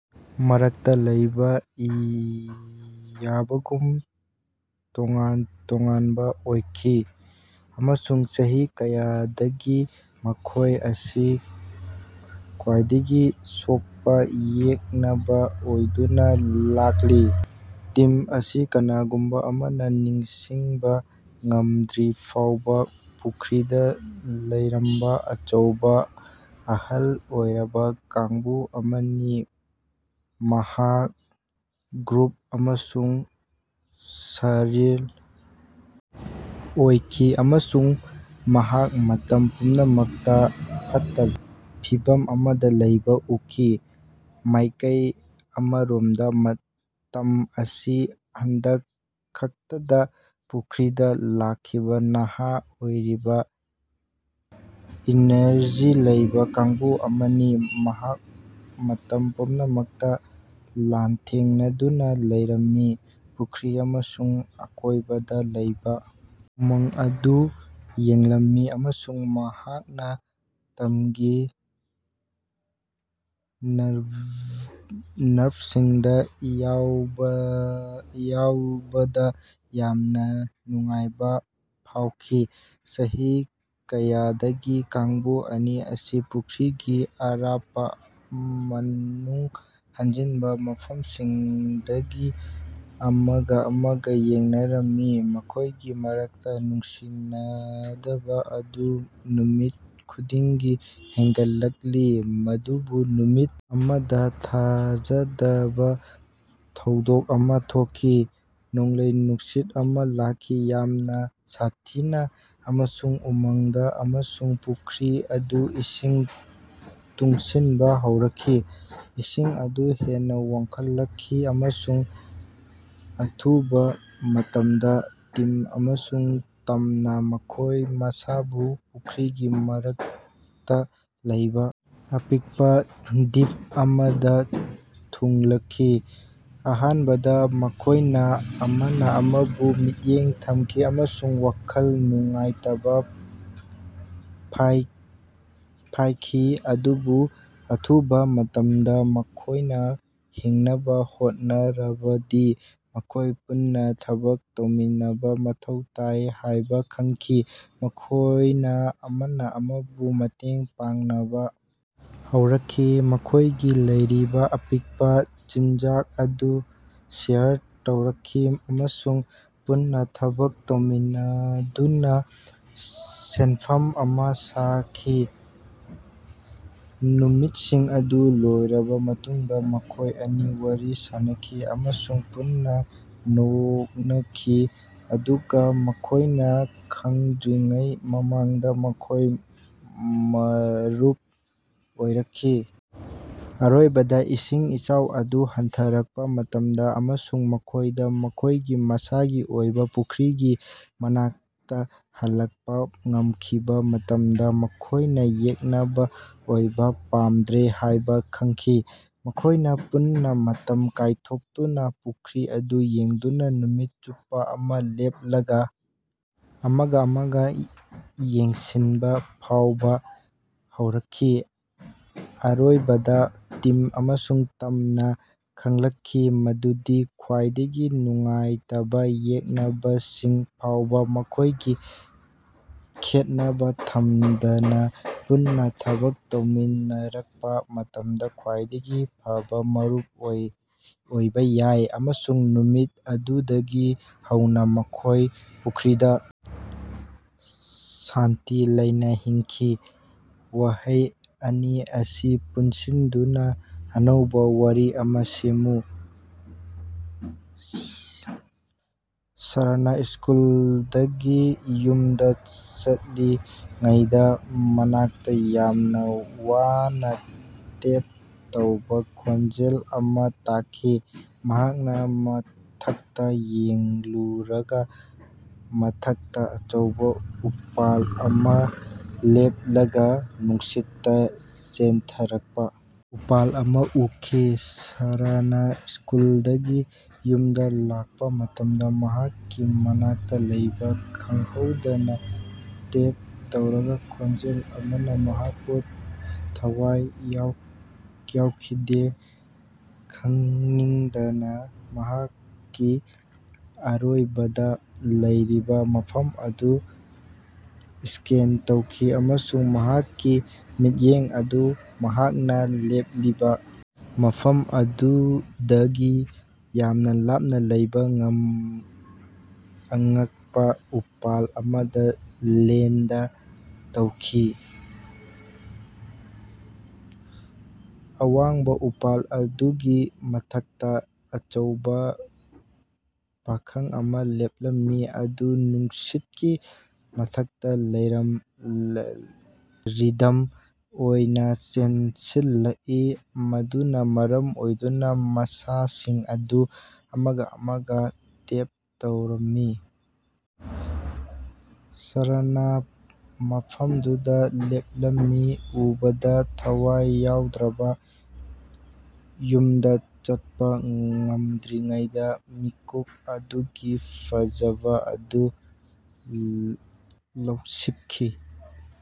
ꯃꯔꯛꯇ ꯂꯩꯕ ꯌꯥꯕꯒꯨꯝ ꯇꯣꯉꯥꯟ ꯇꯣꯉꯥꯟꯕ ꯑꯣꯏꯈꯤ, ꯑꯃꯁꯨꯡ ꯆꯍꯤ ꯀꯌꯥꯗꯒꯤ ꯃꯈꯣꯏ ꯑꯁꯤ ꯈ꯭ꯋꯥꯏꯗꯒꯤ ꯁꯣꯛꯄ ꯌꯦꯛꯅꯕ ꯑꯣꯏꯗꯨꯅ ꯂꯥꯛꯂꯤ꯫ ꯇꯤꯝ ꯑꯁꯤ ꯀꯅꯥꯒꯨꯝꯕ ꯑꯃꯅ ꯅꯤꯡꯁꯤꯡꯕ ꯉꯝꯗ꯭ꯔꯤꯐꯥꯎꯕ ꯄꯨꯈ꯭ꯔꯤꯗ ꯂꯩꯔꯝꯕ ꯑꯆꯧꯕ, ꯑꯍꯜ ꯑꯣꯏꯔꯕ ꯀꯥꯡꯕꯨ ꯑꯃꯅꯤ꯫ ꯃꯍꯥꯛ ꯒ꯭ꯔꯨꯐ ꯑꯃꯁꯨꯡ ꯁꯔꯂꯤ ꯑꯣꯏꯈꯤ, ꯑꯃꯁꯨꯡ ꯃꯍꯥꯛ ꯃꯇꯝ ꯄꯨꯝꯅꯃꯛꯇ‌ ꯐꯠꯇꯕ ꯐꯤꯚꯝ ꯑꯃꯗ ꯂꯩꯕ ꯎꯈꯤ꯫ ꯃꯥꯏꯀꯩ ꯑꯃꯔꯣꯝꯗ ꯃꯇꯝ ꯑꯁꯤ ꯍꯟꯗꯛ ꯈꯛꯇꯗ ꯄꯨꯈ꯭ꯔꯤꯗ ꯂꯥꯛꯈꯤꯕ ꯅꯍꯥ ꯑꯣꯏꯔꯤꯕ, ꯏꯅꯔꯖꯤ ꯂꯩꯕ ꯀꯥꯡꯕꯨ ꯑꯃꯅꯤ꯫ ꯃꯍꯥꯛ ꯃꯇꯝ ꯄꯨꯝꯅꯃꯛꯇ ꯂꯥꯟꯊꯦꯡꯅꯗꯨꯅ ꯂꯩꯔꯝꯃꯤ, ꯄꯨꯈ꯭ꯔꯤ ꯑꯃꯁꯨꯡ ꯑꯀꯣꯏꯕꯗ ꯂꯩꯕ ꯎꯃꯪ ꯑꯗꯨ ꯌꯦꯡꯂꯝꯃꯤ, ꯑꯃꯁꯨꯡ ꯃꯍꯥꯛꯅ ꯇꯝꯒꯤ ꯅꯔꯚ ꯅꯔꯚꯁꯤꯡꯗ ꯌꯥꯎꯕ ꯌꯥꯎꯕꯗ ꯌꯥꯝꯅ ꯅꯨꯡꯉꯥꯏꯕ ꯐꯥꯎꯈꯤ꯫ ꯆꯍꯤ ꯀꯌꯥꯗꯒꯤ ꯀꯥꯡꯕꯨ ꯑꯅꯤ ꯑꯁꯤ ꯄꯨꯈ꯭ꯔꯤꯒꯤ ꯑꯔꯥꯞꯄ ꯃꯅꯨꯡ ꯍꯟꯖꯤꯟꯕ ꯃꯐꯝꯁꯤꯡꯗꯒꯤ ꯑꯃꯒ ꯑꯃꯒ ꯌꯦꯡꯅꯔꯝꯃꯤ, ꯃꯈꯣꯏꯒꯤ ꯃꯔꯛꯇ ꯅꯨꯡꯁꯤꯅꯗꯕ ꯑꯗꯨ ꯅꯨꯃꯤꯠ ꯈꯨꯗꯤꯡꯒꯤ ꯍꯦꯟꯒꯠꯂꯛꯂꯤ꯫ ꯃꯗꯨꯕꯨ ꯅꯨꯃꯤꯠ ꯑꯃꯗ ꯊꯥꯖꯗꯕ ꯊꯧꯗꯣꯛ ꯑꯃ ꯊꯣꯛꯈꯤ꯫ ꯅꯣꯡꯂꯩ-ꯅꯨꯡꯁꯤꯠ ꯑꯃ ꯂꯥꯛꯈꯤ, ꯌꯥꯝꯅ ꯁꯥꯊꯤꯅ ꯑꯃꯁꯨꯡ ꯎꯃꯪꯗ, ꯑꯃꯁꯨꯡ ꯄꯨꯈ꯭ꯔꯤ ꯑꯗꯨ ꯏꯁꯤꯡ ꯇꯨꯡꯁꯤꯟꯕ ꯍꯧꯔꯛꯈꯤ꯫ ꯏꯁꯤꯡ ꯑꯗꯨ ꯍꯦꯟꯅ ꯋꯥꯡꯈꯠꯂꯛꯈꯤ, ꯑꯃꯁꯨꯡ ꯑꯊꯨꯕ ꯃꯇꯝꯗ ꯇꯤꯝ ꯑꯃꯁꯨꯡ ꯇꯝꯅ ꯃꯈꯣꯏ ꯃꯁꯥꯕꯨ ꯄꯨꯈ꯭ꯔꯤꯒꯤ ꯃꯔꯛꯇ ꯂꯩꯕ ꯑꯄꯤꯛꯄ ꯗ꯭ꯕꯤꯞ ꯑꯃꯗ ꯊꯨꯡꯂꯈꯤ꯫ ꯑꯍꯥꯟꯕꯗ ꯃꯈꯣꯏꯅ ꯑꯃꯅ ꯑꯃꯕꯨ ꯃꯤꯠꯌꯦꯡ ꯊꯝꯈꯤ ꯑꯃꯁꯨꯡ ꯋꯥꯈꯜ ꯅꯨꯡꯉꯥꯏꯇꯕ ꯐꯥꯏꯈꯤ, ꯑꯗꯨꯕꯨ ꯑꯊꯨꯕ ꯃꯇꯝꯗ, ꯃꯈꯣꯏꯅ ꯍꯤꯡꯅꯕ ꯍꯣꯠꯅꯔꯕꯗꯤ ꯃꯈꯣꯏ ꯄꯨꯟꯅ ꯊꯕꯛ ꯇꯧꯃꯤꯟꯅꯕ ꯃꯊꯧ ꯇꯥꯏ ꯍꯥꯏꯕ‌ ꯈꯪꯈꯤ꯫ ꯃꯈꯣꯏꯅ ꯑꯃꯅ ꯑꯃꯕꯨ ꯃꯇꯦꯡ ꯄꯥꯡꯅꯕ ꯍꯧꯔꯛꯈꯤ, ꯃꯈꯣꯏꯒꯤ ꯂꯩꯔꯤꯕ ꯑꯄꯤꯛꯄ ꯆꯤꯟꯖꯥꯛ ꯑꯗꯨ ꯁꯦꯌꯔ ꯇꯧꯔꯛꯈꯤ ꯑꯃꯁꯨꯡ ꯄꯨꯟꯅ ꯊꯕꯛ ꯇꯧꯃꯤꯟꯅꯗꯨꯅ ꯁꯦꯟꯐꯝ ꯑꯃ ꯁꯥꯈꯤ꯫ ꯅꯨꯃꯤꯠꯁꯤꯡ ꯑꯗꯨ ꯂꯣꯏꯔꯕ ꯃꯇꯨꯡꯗ ꯃꯈꯣꯏ ꯑꯅꯤ ꯋꯥꯔꯤ ꯁꯥꯅꯈꯤ ꯑꯃꯁꯨꯡ ꯄꯨꯟꯅ ꯅꯣꯛꯅꯈꯤ꯫ ꯑꯗꯨꯒ ꯃꯈꯣꯏꯅ ꯈꯪꯗ꯭ꯔꯤꯉꯩ ꯃꯃꯥꯡꯗ ꯃꯈꯣꯏ ꯃꯔꯨꯞ ꯑꯣꯏꯔꯛꯈꯤ꯫ ꯑꯔꯣꯏꯕꯗ ꯏꯁꯤꯡ ꯏꯆꯥꯎ ꯑꯗꯨ ꯍꯟꯊꯔꯛꯄ ꯃꯇꯝꯗ, ꯑꯃꯁꯨꯡ ꯃꯈꯣꯏꯗ ꯃꯈꯣꯏꯒꯤ ꯃꯁꯥꯒꯤ ꯑꯣꯏꯕ ꯄꯨꯈ꯭ꯔꯤꯒꯤ ꯃꯅꯥꯛꯇ‌ ꯍꯜꯂꯛꯄ ꯉꯝꯈꯤꯕ ꯃꯇꯝꯗ, ꯃꯈꯣꯏꯅ ꯌꯦꯛꯅꯕ ꯑꯣꯏꯕ ꯄꯥꯝꯗ꯭ꯔꯦ ꯍꯥꯌꯕ ꯈꯪꯈꯤ꯫ ꯃꯈꯣꯏꯅ ꯄꯨꯟꯅ ꯃꯇꯝ ꯀꯥꯏꯊꯣꯛꯇꯨꯅ ꯄꯨꯈ꯭ꯔꯤ ꯑꯗꯨ ꯌꯦꯡꯗꯨꯅ ꯅꯨꯃꯤꯠ ꯆꯨꯞꯄ ꯑꯃ ꯂꯦꯞꯂꯒ ꯑꯃꯒ ꯑꯃꯒ ꯌꯦꯡꯁꯤꯟꯕ ꯐꯥꯎꯕ ꯍꯧꯔꯛꯈꯤ꯫ ꯑꯔꯣꯏꯕꯗ ꯇꯤꯝ ꯑꯃꯁꯨꯡ ꯇꯝꯅ ꯈꯪꯂꯛꯈꯤ ꯃꯗꯨꯗꯤ ꯈ꯭ꯋꯥꯏꯗꯒꯤ ꯅꯨꯡꯉꯥꯏꯇꯕ ꯌꯦꯛꯅꯕꯁꯤꯡ ꯐꯥꯎꯕ‌ ꯃꯈꯣꯏꯒꯤ ꯈꯦꯠꯅꯕ ꯊꯝꯗꯅ ꯄꯨꯟꯅ ꯊꯕꯛ ꯇꯧꯃꯤꯟꯅꯔꯛꯄ ꯃꯇꯝꯗ ꯈ꯭ꯋꯥꯏꯗꯒꯤ ꯐꯕ ꯃꯔꯨꯞ ꯑꯣꯏꯕ ꯌꯥꯏ꯫ ꯑꯃꯁꯨꯡ ꯅꯨꯃꯤꯠ ꯑꯗꯨꯗꯒꯤ ꯍꯧꯅ ꯃꯈꯣꯏ ꯄꯨꯈ꯭ꯔꯤꯗ ꯁꯥꯟꯇꯤ ꯂꯩꯅ ꯍꯤꯡꯈꯤ꯫ ꯋꯥꯍꯩ ꯑꯅꯤ ꯑꯁꯤ ꯄꯨꯟꯁꯤꯟꯗꯨꯅ ꯑꯅꯧꯕ ꯋꯥꯔꯤ ꯑꯃ‌ ꯁꯦꯝꯃꯨ꯫ ꯁꯥꯔꯅ ꯁ꯭ꯀꯨꯜꯗꯒꯤ ꯌꯨꯝꯗ ꯆꯠꯂꯤꯉꯩꯗ ꯃꯅꯥꯛꯇ ꯌꯥꯝꯅ ꯋꯥꯅ ꯇꯦꯞ ꯇꯧꯕ ꯈꯣꯟꯖꯦꯜ ꯑꯃ ꯇꯥꯈꯤ꯫ ꯃꯍꯥꯛꯅ ꯃꯊꯛꯇ ꯌꯦꯡꯂꯨꯔꯒ ꯃꯊꯛꯇ ꯑꯆꯧꯕ ꯎꯄꯥꯜ ꯑꯃ ꯂꯦꯞꯂꯒ ꯅꯨꯡꯁꯤꯠꯇ ꯆꯦꯟꯊꯔꯛꯄ ꯎꯄꯥꯜ ꯑꯃ ꯎꯈꯤ꯫ ꯁꯥꯔꯥꯅ ꯁ꯭ꯀꯨꯜꯗꯒꯤ ꯌꯨꯝꯗ ꯂꯥꯛꯄ ꯃꯇꯝꯗ ꯃꯍꯥꯛꯀꯤ ꯃꯅꯥꯛꯇ ꯂꯩꯕ ꯈꯪꯍꯧꯗꯅ ꯇꯦꯞ ꯇꯧꯔꯒ ꯈꯣꯟꯖꯦꯜ ꯑꯃꯅ ꯃꯍꯥꯛꯄꯨ ꯊꯋꯥꯏ ꯌꯥꯎ ꯌꯥꯎꯈꯤꯗꯦ꯫ ꯈꯪꯅꯤꯡꯗꯅ ꯃꯍꯥꯛꯀꯤ ꯑꯔꯣꯏꯕꯗ ꯂꯩꯔꯤꯕ ꯃꯐꯝ ꯑꯗꯨ ꯁ꯭ꯀꯦꯟ ꯇꯧꯈꯤ ꯑꯃꯁꯨꯡ ꯃꯍꯥꯛꯀꯤ ꯃꯤꯠꯌꯦꯡ ꯑꯗꯨ ꯃꯍꯥꯛꯅ ꯂꯦꯞꯂꯤꯕ ꯃꯐꯝ ꯑꯗꯨꯗꯒꯤ ꯌꯥꯝꯅ ꯂꯥꯞꯅ ꯂꯩꯕ ꯉꯝ ꯑꯉꯛꯄ ꯎꯄꯥꯜ ꯑꯃꯗ ꯂꯦꯟꯗ ꯇꯧꯈꯤ꯫ ꯑꯋꯥꯡꯕ ꯎꯄꯥꯜ ꯑꯗꯨꯒꯤ ꯃꯊꯛꯇ ꯑꯆꯧꯕ ꯄꯥꯈꯪ ꯑꯃ ꯂꯦꯞꯂꯝꯃꯤ, ꯃꯗꯨ ꯅꯨꯡꯁꯤꯠꯀꯤ ꯃꯊꯛꯇ ꯂꯩꯔꯝ ꯔꯤꯗꯝ ꯑꯣꯏꯅ ꯆꯦꯟꯁꯤꯜꯂꯛꯏ, ꯃꯗꯨꯅ ꯃꯔꯝ ꯑꯣꯏꯗꯨꯅ ꯃꯁꯥꯁꯤꯡ ꯑꯗꯨ ꯑꯃꯒ ꯑꯃꯒ ꯇꯦꯞ ꯇꯧꯔꯝꯃꯤ꯫ ꯁꯥꯔꯥꯅ ꯃꯐꯝꯗꯨꯗ ꯂꯦꯞꯂꯝꯃꯤ, ꯎꯕꯗ ꯊꯋꯥꯏ ꯌꯥꯎꯗ꯭ꯔꯕ, ꯌꯨꯝꯗ ꯆꯠꯄ ꯉꯝꯗ꯭ꯔꯤꯉꯩꯗ ꯃꯤꯀꯨꯞ ꯑꯗꯨꯒꯤ ꯐꯖꯕ ꯑꯗꯨ ꯂꯧꯁꯤꯞꯈꯤ꯫